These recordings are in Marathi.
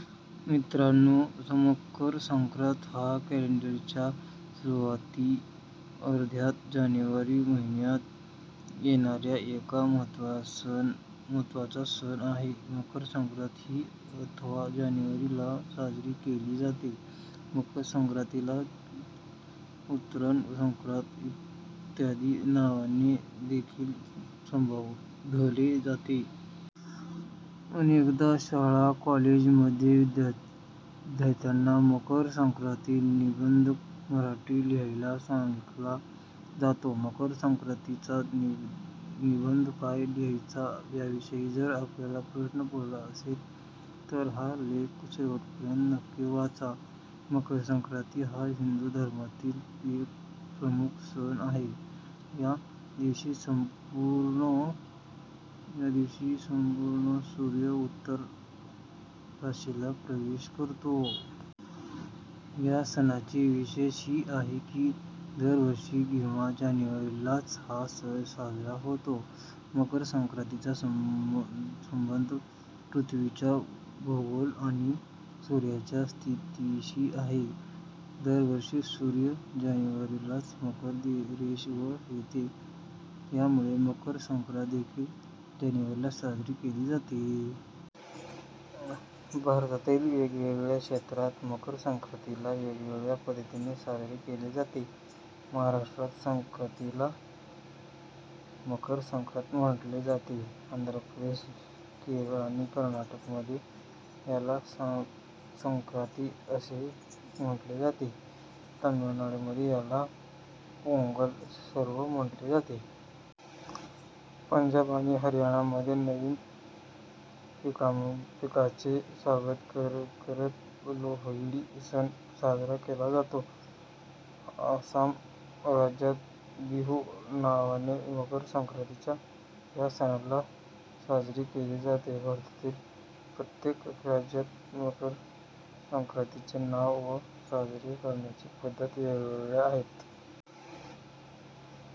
: मित्रांनो मकर संक्रांत हा कॅलेंडर च्या सुरुवाती अर्थात जानेवारी महिन्यात येणारा एक महत्त्वाचा सण आहे. मकरसंक्रांत ही अथवा जानेवारी ला साजरी केली जाते. मकरसंक्रांत ला उतरण, संक्रांत इत्यादी नावाने देखील संबोधले जाते. अनेकदा शाळा कॉलेज मध्ये विद्यार्थ्यांना मकर संक्रांती निबंध मराठी लिहायला सांगितला जातो. मकर संक्रांती चा निबंध काय लिहायचं याविषयी जर आपल्याला प्रश्न पडला असेल तर हा लेख शेवटपर्यंत नक्की वाचा. मकरसंक्रांत हा हिंदू धर्मातील एक प्रमुख सण आहे, या दिवशी सूर्य हा उत्तर राशीत प्रवेश करतो. या सणाची विशेषता ही आहे की दरवर्षी किंवा जानेवारीलाच हा सण साजरा होतो. मकरसंक्रांतीचा संबंध पृथ्वीच्या भूगोल आणि सूर्याच्या स्थितीशी आहे. दरवर्षी सूर्य जानेवारीलाच मकर रेखे वर येतो. यामुळे मकर संक्रांत देखील जानेवारीला साजरी केली जाते. भारतातील वेगवेगळ्या क्षेत्रात मकर संक्रांतीला वेगवेगळ्या पद्धतीने साजरे केले जाते. महाराष्ट्रात संक्रांतीला मकर संक्रांत म्हटले जाते. आंध्र प्रदेश, केरळ आणि कर्नाटक मध्ये याला संक्रांति असे म्हटले जाते. तमिळनाडूमध्ये याला 'पोंगल' पर्व म्हटले जाते. पंजाब आणि हरियाणा मध्ये नवीन पिकाचे स्वागत करत लोहडी सण साजरा केला जातो. आसाम राज्यात बिहू नावाने मकर संक्रांतीच्या या सणाला साजरे केले जाते. भारतातील प्रत्येक राज्यात मकरसंक्रांतीचे नाव व साजरे करण्याच्या पद्धती वेगवेगळ्या आहेत.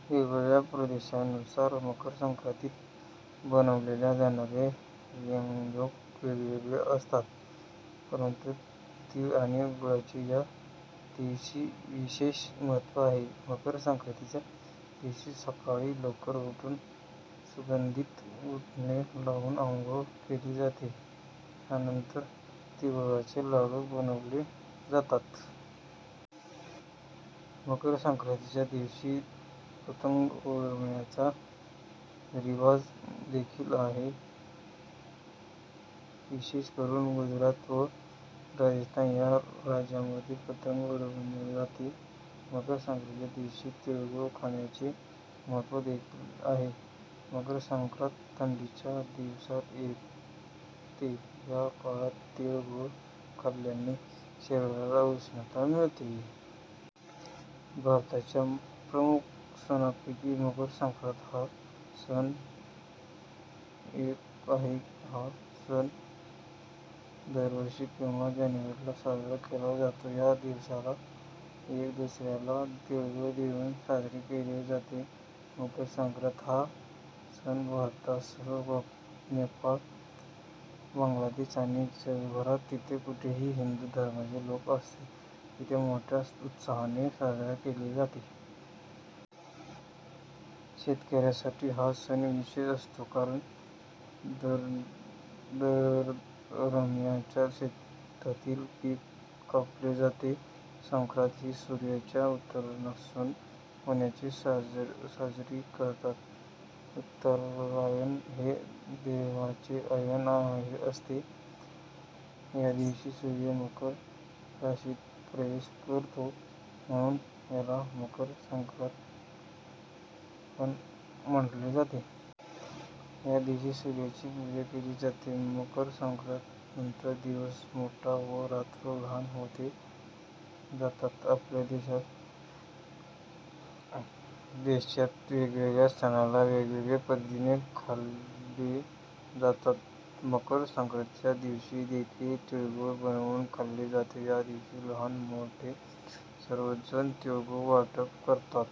वेगवेगळ्या प्रदेशानुसार मकर संक्रांतीत बनवले जाणारे व्यंजन वेगवेगळे असतात, परंतु तीळ आणि गुळाचे या दिवशी विशेष महत्त्व आहे. मकर संक्रांतीच्या दिवशी सकाळी लवकर उठून सुगंधित उटने लाऊन आंघोळ केली जाते. यानंतर तिळगुळाचे लाडू बनवले जातात. मकर संक्रांतीच्या दिवशी पतंग उडवण्याच्या रीवाज देखील आहे. विशेष करून गुजरात व राजस्थान या राज्यांमध्ये पतंग उडवली जाते. मकर संक्रांतीच्या दिवशी तिळगुळ खाण्याचे महत्त्व देखील आहे. मकर संक्रांत थंडीच्या दिवसात येते या काळात तीळ गूळ खाल्ल्याने शरीराला उष्णता मिळते. भारताच्या प्रमुख सणापैकी मकर संक्रांत हा एक सण आहे. हा सण दरवर्षी किंवा जानेवारीला साजरा केला जातो. या दिवसाला एक दुसऱ्याला तिळगुळ देऊन साजरे केले जाते. मकरसंक्रांत हा सण भारतासह नेपाळ, बांगलादेश आणि जगभरात जिथे कुठे हिंदू धर्माचे लोक राहतात तेथे मोठ्या उत्साहाने साजरा केला जातो. शेतकऱ्यांसाठी हा सण विशेष असतो कारण यादरम्यानच शेतातील पिक कापले जाते. संक्रांत ही सूर्याच्या उत्तरायण होण्याने साजरी करतात. उत्तरायण हे देवतांचे अयन असते. यादिवशी सूर्य मकर राशीत प्रवेश करतो, म्हणून याला 'मकर संक्रांत' पण म्हटले जाते. या दिवशी सूर्याची पूजा केली जाते. मकर संक्रांती नंतर दिवस मोठे व रात्र लहान होत जातात. आपल्या देशात वेगवेगळ्या सणाना वेगवेगळे पदार्थ खाल्ले जातात. मकर संक्रांतीच्या दिवशी देखील तिळगुळ बनवून खाल्ले जाते. या दिवशी लहान मोठे सर्वच जण तिळगुळ वाटप करतात.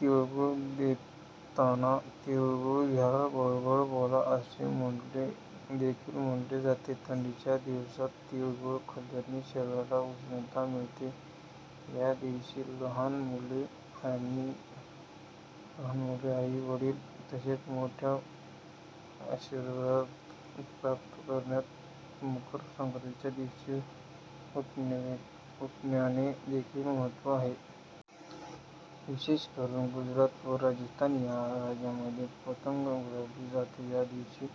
तिळगुळ देताना "तिळगुळ घ्या, गोड गोड बोला" असे देखील म्हटले जाते. थंडीच्या दिवसात तीळ गुळ खाल्ल्याने शरीराला उष्णता मिळते. या दिवशी लहान मुले आई वडील तसेच मोठ्याचा आशीर्वाद प्राप्त करतात. मकर संक्रांतीच्या दिवशी उडवण्याचे देखील महत्त्व आहे. विशेष करून गुजरात व राजस्थान या राज्यांमध्ये पतंग उडवली जाते. या दिवशी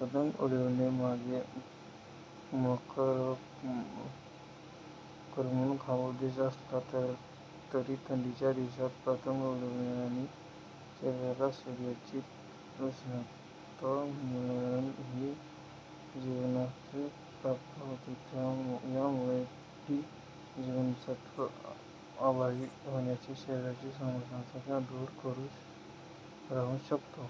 पतंग उडवणे मागे करमणूक हा उद्देश असला तरी थंडीच्या दिवसात पतंग उडवल्याने शरीराला सूर्याची उष्णता मिळून डी जीवनसत्व प्राप्त होते. यामुळे डी जीवनसत्व अभावी होणाऱ्या शारीरिक समस्यांपासून आपण दूर राहू शकतो.